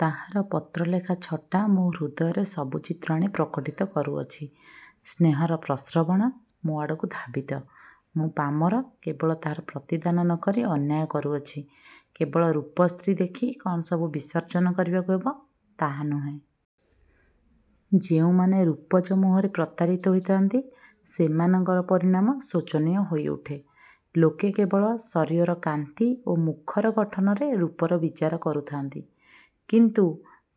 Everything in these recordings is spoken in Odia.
ତାହାର ପତ୍ରଲେଖା ଛଟା ମୋହ ହୃଦୟରେ ସବୁ ଚିତ୍ର ଆଣି ପ୍ରକଟିତ କରୁଅଛି। ସ୍ନେହର ପ୍ରସ୍ରବଣ ମୋ ଆଡ଼କୁ ଧାବିତ। ମୁଁ ପାମର କେବଳ ତାହାର ପ୍ରତିଦାନ ନ କରି ଅନ୍ୟାୟ କରୁଅଛି। କେବଳ ରୂପଶ୍ରୀ ଦେଖି କଣ ସବୁ ବିସର୍ଜନ କରିବାକୁ ହେବ, ତାହା ନୁହେଁ। ଯେଉଁମାନେ ରୂପଜ ମୋହରେ ପ୍ରତାରିତ ହୋଇଥାନ୍ତି, ସେମାନଙ୍କର ପରିଣାମ ଶୋଚନୀୟ ହୋଇଉଠେ। ଲୋକେ କେବଳ ଶରୀରର କାନ୍ତି ଓ ମୁଖର ଗଠନରେ ରୂପର ବିଚାର କରୁଥାନ୍ତି। କିନ୍ତୁ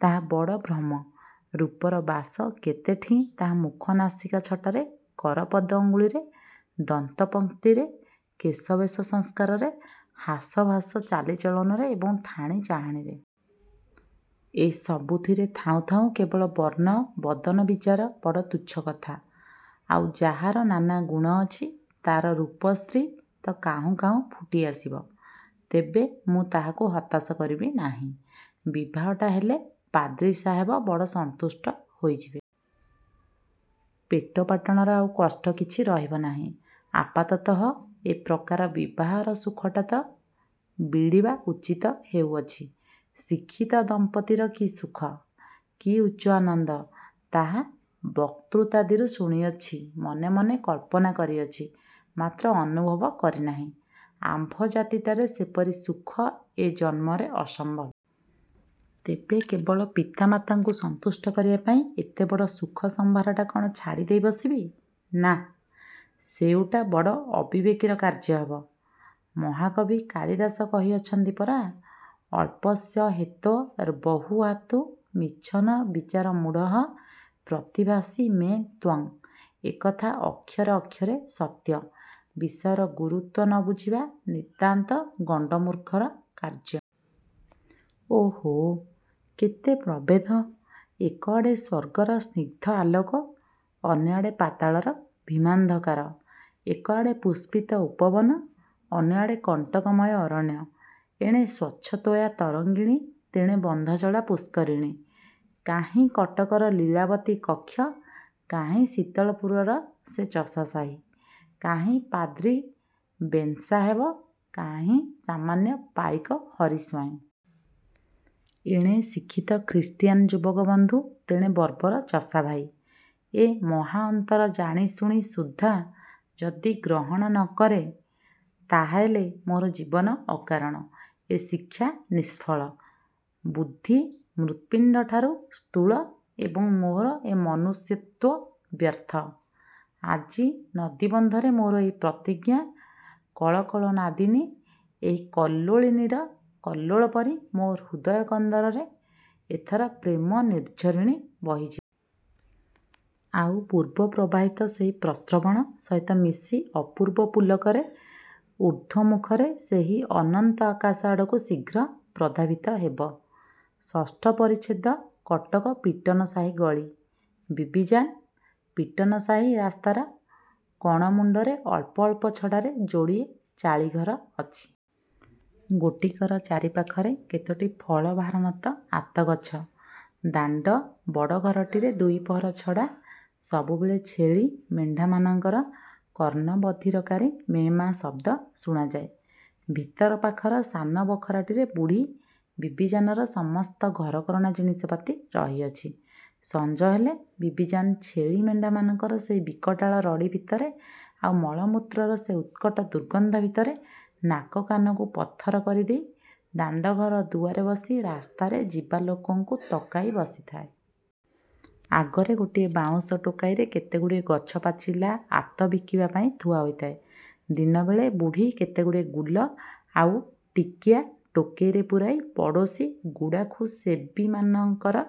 ତାହା ବଡ଼ ଭ୍ରମ। ରୂପର ବାସ କେତେଠିଁ ତାହା ମୁଖ ନାସିକା ଛଟାରେ କର ପଦ ଅଙ୍ଗୁଳିରେ - ଦନ୍ତପଂକ୍ତିରେ କେଶବେଶ ସଂସ୍କାରରେ ହାସ ଭାଷ ଚାଲି ଚଳନରେ ଏବଂ ଠାଣି ଚାହାଣିରେ। ଏ ସବୁଥିରେ ଥାଉଁ ଥାଉଁ କେବଳ ବର୍ଣ୍ଣବଦନବିଚାର ବଡ଼ ତୁଚ୍ଛ କଥା। ଆଉ ଯାହାର ନାନା ଗୁଣ ଅଛି, ତାର ରୂପଶ୍ରୀ ତ କାହୁଁ କାହୁଁ ଫୁଟିଆସିବ! ତେବେ ମୁଁ ତାହାକୁ ହତାଶ କରିବି ନାହିଁ। ବିବାହଟା ହେଲେ ପାଦ୍ରୀ ସାହେବ ବଡ଼ ସନ୍ତୁଷ୍ଟ ହୋଇଯିବେ। ପେଟପାଟଣାର ଆଉ କଷ୍ଟ କିଛି ରହିବ ନାହିଁ। ଆପାତତଃ ଏପ୍ରକାର ବିବାହର ସୁଖଟା ତ ବିଡ଼ିବା ଉଚିତ ହେଉଅଛି। ଶିକ୍ଷିତ ଦମ୍ପତୀର କି ସୁଖ, କି ଉଚ୍ଚ ଆନନ୍ଦ, ତାହା ବକ୍ତୃତାଦିରୁ ଶୁଣିଅଛି ମନେ ମନେ କଳ୍ପନା କରିଅଛି; ମାତ୍ର ଅନୁଭବ କରିନାହିଁ। ଆମ୍ଭ ଜାତିଟାରେ ସେପରି ସୁଖ ଏ ଜନ୍ମରେ ଅସମ୍ଭବ। ତେବେ କେବଳ ପିତାମାତାଙ୍କୁ ସନ୍ତୁଷ୍ଟ କରିବାପାଇଁ ଏତେବଡ଼ ସୁଖସମ୍ଭାରଟା କଣ ଛାଡ଼ିଦେଇ ବସିବି! ନା, ସେଉଟା ବଡ଼ ଅବିବେକିର କାର୍ଯ୍ୟ ହେବ। ମହାକବି କାଳିଦାସ କହିଅଛନ୍ତି ପରା-''ଅଳ୍ପସ୍ୟ ହେତୋ ର୍ବହୁହାତୁ ମିଚ୍ଛନ ବିଚାରମୂଢ଼ଃ ପ୍ରତିଭାସି ମେ ତ୍ୱଂ। '' ଏକଥା ଅକ୍ଷରେ ଅକ୍ଷରେ ସତ୍ୟ। ବିଷୟର ଗୁରୁତ୍ୱ ନ ବୁଝିବା ନିତାନ୍ତ ଗଣ୍ଡମୁର୍ଖର କାର୍ଯ୍ୟ। ଓହୋ! କେତେ ପ୍ରଭେଦ! ଏକଆଡ଼େ ସ୍ୱର୍ଗର ସ୍ନିଗ୍ଧ ଆଲୋକ- ଅନ୍ୟଆଡ଼େ ପାତାଳର ଭୀମାନ୍ଧକାର! ଏକଆଡ଼େ ପୁଷ୍ପିତ ଉପବନ ଅନ୍ୟଆଡ଼େ କଣ୍ଟକମୟ ଅରଣ୍ୟ! ଏଣେ ସ୍ୱଚ୍ଛତୋୟା ତରଙ୍ଗିଣୀ ତେଣେ ବନ୍ଧଜଳା ପୁଷ୍କରିଣୀ! କାହିଁ କଟକର ଲୀଳାବତୀ କକ୍ଷ କାହିଁ ଶୀତଳପୁରର ସେ ଚଷାସାହି। କାହିଁ ପାଦ୍ରୀ ବେନ୍ସାହେବ କାହିଁ ସାମାନ୍ୟ ପାଇକ ହରି ସ୍ୱାଇଁ। ଏଣେ ଶିକ୍ଷିତ ଖ୍ରୀଷ୍ଟିୟାନ ଯୁବକ ବନ୍ଧୁ ତେଣେ ବର୍ବର ଚଷା ଭାଇ! ଏ ମହାଅନ୍ତର ଜାଣିଶୁଣି ସୁଦ୍ଧା ଯଦି ଗ୍ରହଣ ନ କରେଁ, ତାହାହେଲେ ମୋହର ଜୀବନ ଅକାରଣ, ଏ ଶିକ୍ଷା ନିଷ୍ଫଳ, ବୁଦ୍ଧି ମୃତ୍ପିଣ୍ଡଠାରୁ ସ୍ଥୂଳ ଏବଂ ମୋହର ଏ ମନୁଷ୍ୟତ୍ୱ ବ୍ୟର୍ଥ। ଆଜି ନଦୀବନ୍ଧରେ ମୋହର ଏହି ପ୍ରତିଜ୍ଞା କଳକଳନାଦିନୀ ଏହି କଲ୍ଲୋଳିନୀର କଲ୍ଲୋଳ ପରି ମୋ ହୃଦୟକନ୍ଦରରେ ଏଥର ପ୍ରେମନିର୍ଝରିଣୀ ବହିଯିବ। ଆଉ ପୂର୍ବ ପ୍ରବାହିତ ସେହି ପ୍ରସ୍ରବଣ ସହିତ ମିଶି ଅପୂର୍ବ ପୁଲକରେ ଊର୍ଦ୍ଧ୍ୱମୁଖରେ ସେହି ଅନନ୍ତ ଆକାଶ ଆଡ଼କୁ ଶୀଘ୍ର ପ୍ରଧାବିତ ହେବ। '' ଷଷ୍ଠ ପରିଚ୍ଛେଦ କଟକ ପିଟନ ସାହି ଗଳି। ବିବିଜାନ୍। ପିଟନ ସାହି ରାସ୍ତାର କଣମୁଣ୍ଡରେ ଅଳ୍ପ ଅଳ୍ପ ଛଡ଼ାରେ ଯୋଡ଼ିଏ ଚାଳି ଘର ଅଛି। ଗୋଟିକର ଚାରିପାଖରେ କେତୋଟି ଫଳଭାରନତ ଆତଗଛ ଦାଣ୍ଡ ବଡ଼ ଘରଟିରେ ଦୁଇପହର ଛଡ଼ା ସବୁବେଳେ ଛେଳି ମେଣ୍ଢାମାନଙ୍କର କର୍ଣ୍ଣ ବଧିରକାରୀ ମେଁ-ମାଁ ଶଦ୍ଦ ଶୁଣାଯାଏ। ଭିତର ପାଖର ସାନ ବଖରାଟିରେ ବୁଢ଼ୀ ବିବିଜାନର ସମସ୍ତ ଘରକରଣା ଜିନିଷପାତି ରହିଅଛି। ସଞ୍ଜ ହେଲେ ବିବିଜାନ୍ ଛେଳି ମେଣ୍ଢାମାନଙ୍କର ସେହି ବିକଟାଳ ରଡ଼ି ଭିତରେ ଆଉ ମଳମୂତ୍ରର ସେ ଉତ୍କଟ ଦୁର୍ଗନ୍ଧ ଭିତରେ ନାକ କାନକୁ ପଥର କରିଦେଇ ଦାଣ୍ଡଘରର ଦୁଆରେ ବସି ରାସ୍ତାରେ ଯିବା ଲୋକଙ୍କୁ ତକାଇ ବସିଥାଏ। ଆଗରେ ଗୋଟିଏ ବାଉଁଶ ଟୋକାଇରେ କେତେଗୁଡ଼ିଏ ଗଛପାଚିଲା ଆତ ବିକିବା ପାଇଁ ଥୁଆ ହୋଇଥାଏ। ଦିନବେଳେ ବୁଢ଼ୀ କେତେଗୁଡ଼ିଏ ଗୁଲ ଆଉ ଟିକିଆ ଟୋକେଇରେ ପୂରାଇ ପଡ଼ୋସୀ ଗୁଡ଼ାଖୁସେବିମାନଙ୍କର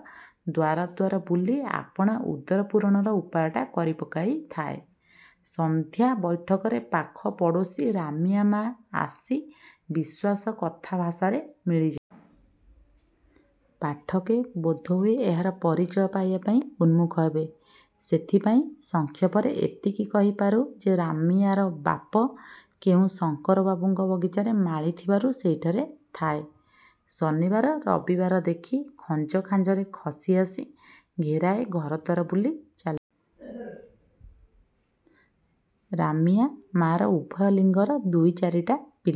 ଦ୍ୱାର ଦ୍ୱାର ବୁଲି ଆପଣା ଉଦରପୂରଣର ଉପାୟଟା କରିପକାଇଥାଏ। ସନ୍ଧ୍ୟା ବୈଠକରେ ପାଖ ପଡ଼ୋସୀ ରାମିଆ ମା' ଆସି ବିଶ୍ୱାସ କଥା ଭାଷାରେ ମିଳିଯାଏ। ପାଠକେ, ବୋଧହୁଏ ଏହାର ପରିଚୟ ପାଇବାପାଇଁ ଉନ୍ମୁଖ ହେବେ। ସେଥିପାଇଁ ସଂକ୍ଷେପରେ ଏତିକି କହି ପାରୁଁ ଯେ, ରାମିଆର ବାପ କେଉଁ ଶଙ୍କର ବାବୁଙ୍କ ବଗିଚାରେ ମାଳି ଥିବାରୁ ସେହିଠାରେ ଥାଏ। ଶନିବାର ରବିବାର ଦେଖି ଖଞ୍ଜଖାଞ୍ଜରେ ଖସି ଆସି ଘେରାଏ ଘରଦ୍ୱାର ବୁଲି ଚାଲିଯାଏ। ରାମିଆ ମା'ର ଉଭୟ ଲିଙ୍ଗର ଦୁଇ ଚାରିଟା ପିଲା।